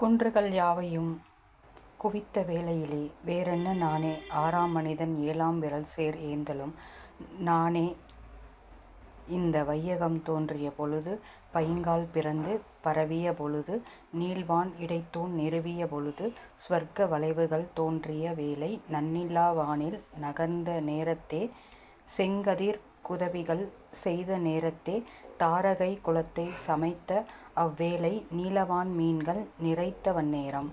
குன்றுகள் யாவையும் குவித்தவேளையிலே வேறென்ன நானே ஆறாம் மனிதன் ஏழாம் விறல்சேர் ஏந்தலும் நானே இந்த வையகம் தோன்றிய பொழுது பைங்கால் பிறந்து பரவிய பொழுது நீள்வான் இடைத்தூண் நிறுவிய பொழுது சுவர்க்க வளைவுகள் தோன்றிய வேளை நன்னிலா வானில் நகர்ந்தநேரத்தே செங்கதிர்க் குதவிகள் செய்தநேரத்தே தாரகைக் குலத்தைச் சமைத்தஅவ் வேளை நீலவான் மீன்கள் நிறைத்தவந் நேரம்.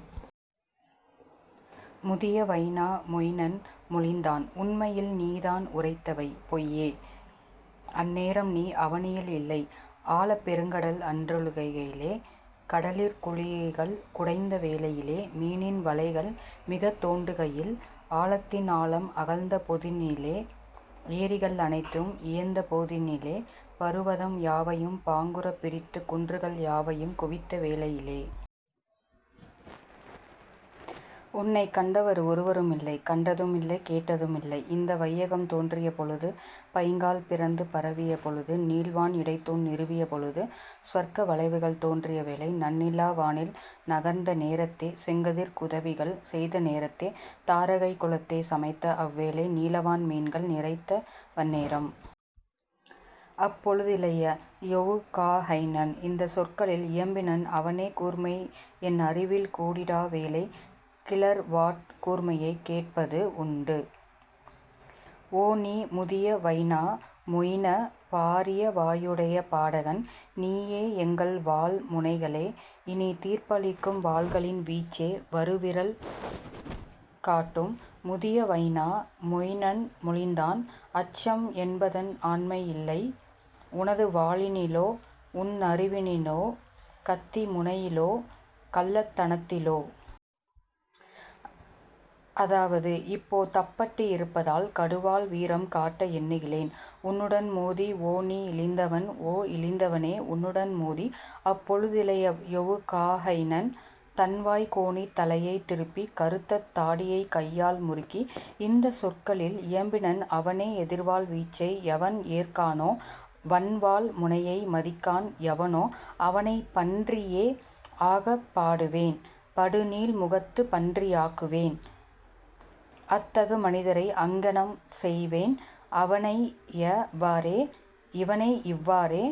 முதிய வைனா மொயினன் மொழிந்தான் உண்மையில் நீதான் உரைத்தவை பொய்யே அந்நேரம்நீ அவனியில் இல்லை ஆழப் பெருங்கடல் அன்றுழு கையிலே கடலிற் குழிகள் குடைந்தவேளையிலே மீனின் வளைகள் மிகத்தோண்டுகையில் ஆழத்தின் ஆழம் அகழ்ந்தபொதினிலே ஏரிகள் அனைத்தும் இயைந்தபோதினிலே பருவதம் யாவையும் பாங்குறப் பிரித்து குன்றுகள் யாவையும் குவித்தவேளையிலே. உன்னைக் கண்டவர் ஒருவருமில்லை கண்டதுமில்லைக் கேட்டதுமில்லை இந்த வையகம் தோன்றிய பொழுது பைங்கால் பிறந்து பரவிய பொழுது நீள்வான் இடைத்தூண் நிறுவிய பொழுது சுவர்க்க வளைவுகள் தோன்றிய வேளை. நன்னிலா வானில் நகர்ந்தநேரத்தே செங்கதிர்க் குதவிகள் செய்தநேரத்தே தாரகைக் குலத்தைச் சமைத்தஅவ் வேளை நீலவான் மீன்கள் நிறைத்தவந் நேரம். அப்பொழு திளைய யொவுகா ஹைனன் இந்தச் சொற்களில் இயம்பினன் அவனே கூர்மைஎன் அறிவில் கூடிடா வேளை கிளர்வாட் கூர்மையைக் கேட்பது உண்டு ஓ, நீ முதிய வைனா மொயின பாரியவாயுடைப் பாடகன் நீயே எங்கள்வாள் முனைகளே இனித்தீர்ப்பளிக்கும் வாள்களின் வீச்சே வருவிறல் காட்டும். முதிய வைனா மொயினன் மொழிந்தான் அச்சம் என்பதென் ஆண்மையில் இல்லை உனதுவாளினிலோ உன்னறிவினிலோ கத்திமுனையிலோ கள்ளத்தனத்திலோ. அதுவது இப்போ தப்படி யிருப்பதால் கடுவாள் வீரம் காட்டஎண்ணுகிலேன் உன்னுடன் மோதி ஓ, நீ இழிந்தவன் ஓ, இழிந்தவனே உன்னுடன் மோதி. அப்பொழு திளைய யொவுகா ஹைனன் தன்வாய் கோணித் தலையைத் திருப்பி கறுத்தத் தாடியைக் கையால் முறுக்கி இந்தச் சொற்களில் இயம்பினன் அவனே எதிர்வாள் வீச்சை எவன்ஏற்கானோ வன்வாள் முனையை மதிக்கான் எவனோ அவனைப் பன்றியே ஆகப் பாடுவேன் படுநீள் முகத்துப் பன்றி யாக்குவேன் அத்தகு மனிதரை அங்ஙனம் செய்வேன் அவனையவ்வாறே இவனையிவ்வாறே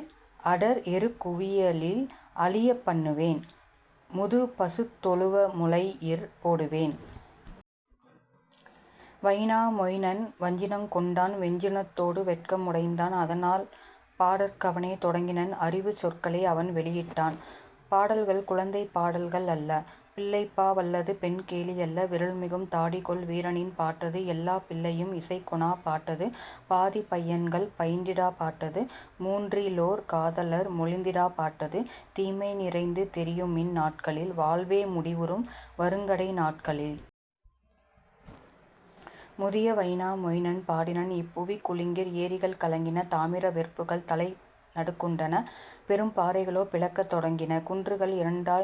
அடர்எருக்குவியலில் அழியப் பண்ணுவேன் முதுப்பசுத்தொழுவ முலையிற் போடுவேன். வைனா மொயினன் வஞ்சினங் கொண்டான் வெஞ்சினத்தோடு வெட்கமுமடைந்தான் அதனால் பாடற் கவனே தொடங்கினன் அறிவுச் சொற்களை அவன்வெளியிட்டான் பாடல்கள் குழந்தைப் பாடல்களல்ல பிள்ளைப்பா வல்லது பெண்கேலியல்ல விறல்மிகும் தாடிகொள் வீரனின் பாட்டது எல்லாப் பிள்ளையும் இசைக்கொணாப் பாட்டது பாதிப் பையன்கள் பயின்றிடாப் பாட்டது மூன்றிலோர் காதலர் மொழிந்திடாப் பாட்டது தீமை நிறைந்து தெரியுமிந் நாட்களில் வாழ்வே முடிவுறும் வறுங்கடை நாட்களில். முதிய வைனா மொயினன் பாடினன் இப்புவி குலுங்கிற் ஏரிகள் கலங்கின தாமிர வெற்புகள் தலைநடுக்குண்டன பெரும்பாறைகளோ பிளக்கத் தொடங்கின குன்றுகள் இரண்டு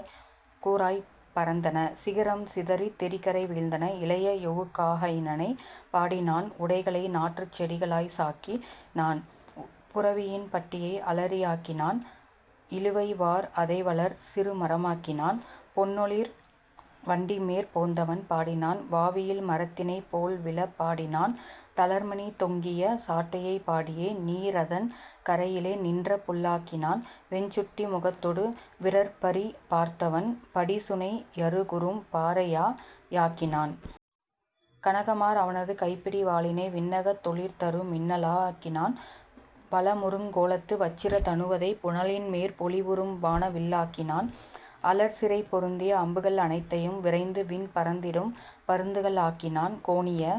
கூறாய்ப் பறந்தன சிகரம் சிதறித் தெரிகரை வீழ்ந்தன. இளைய யொவுகா ஹைனனைப் பாடினான் உடைகளை நாற்றுச்செடிகளாய்ச்சாக்கினான் புரவியின் பட்டியை அலரியா யாக்கினான் இழுவைவார் அதைவளர் சிறுமரமாக்கினான் பொன்னொளிர் வண்டிமேற் போந்தவன் பாடினான் வாவியில் மரத்தினைப் போல்விழப் பாடினான் தளர்மணி தொங்கிய சாட்டையைப் பாடியே நீரதன் கரையிலே நின்றபுல்லாக்கினான் வெண்சுட்டி முகத்தொடு விறற்பரி பார்த்தவன் படிசுனை யருகுறும் பாறையா யாக்கினான். கனகமார் அவனது கைப்பிடி வாளினை விண்ணகத் தொளிர்தரு மின்னலா யாக்கினான் வளமுறுங் கோலத்து வச்சிர தனுவதை புனலின்மேற் பொலிவுறும் வானவில்லாக்கினான் அலர்சிறை பொருந்திய அம்புகள் அனைத்தையும் விரைந்துவிண் பறந்திடும் பருந்துகளாக்கினான் கோணிய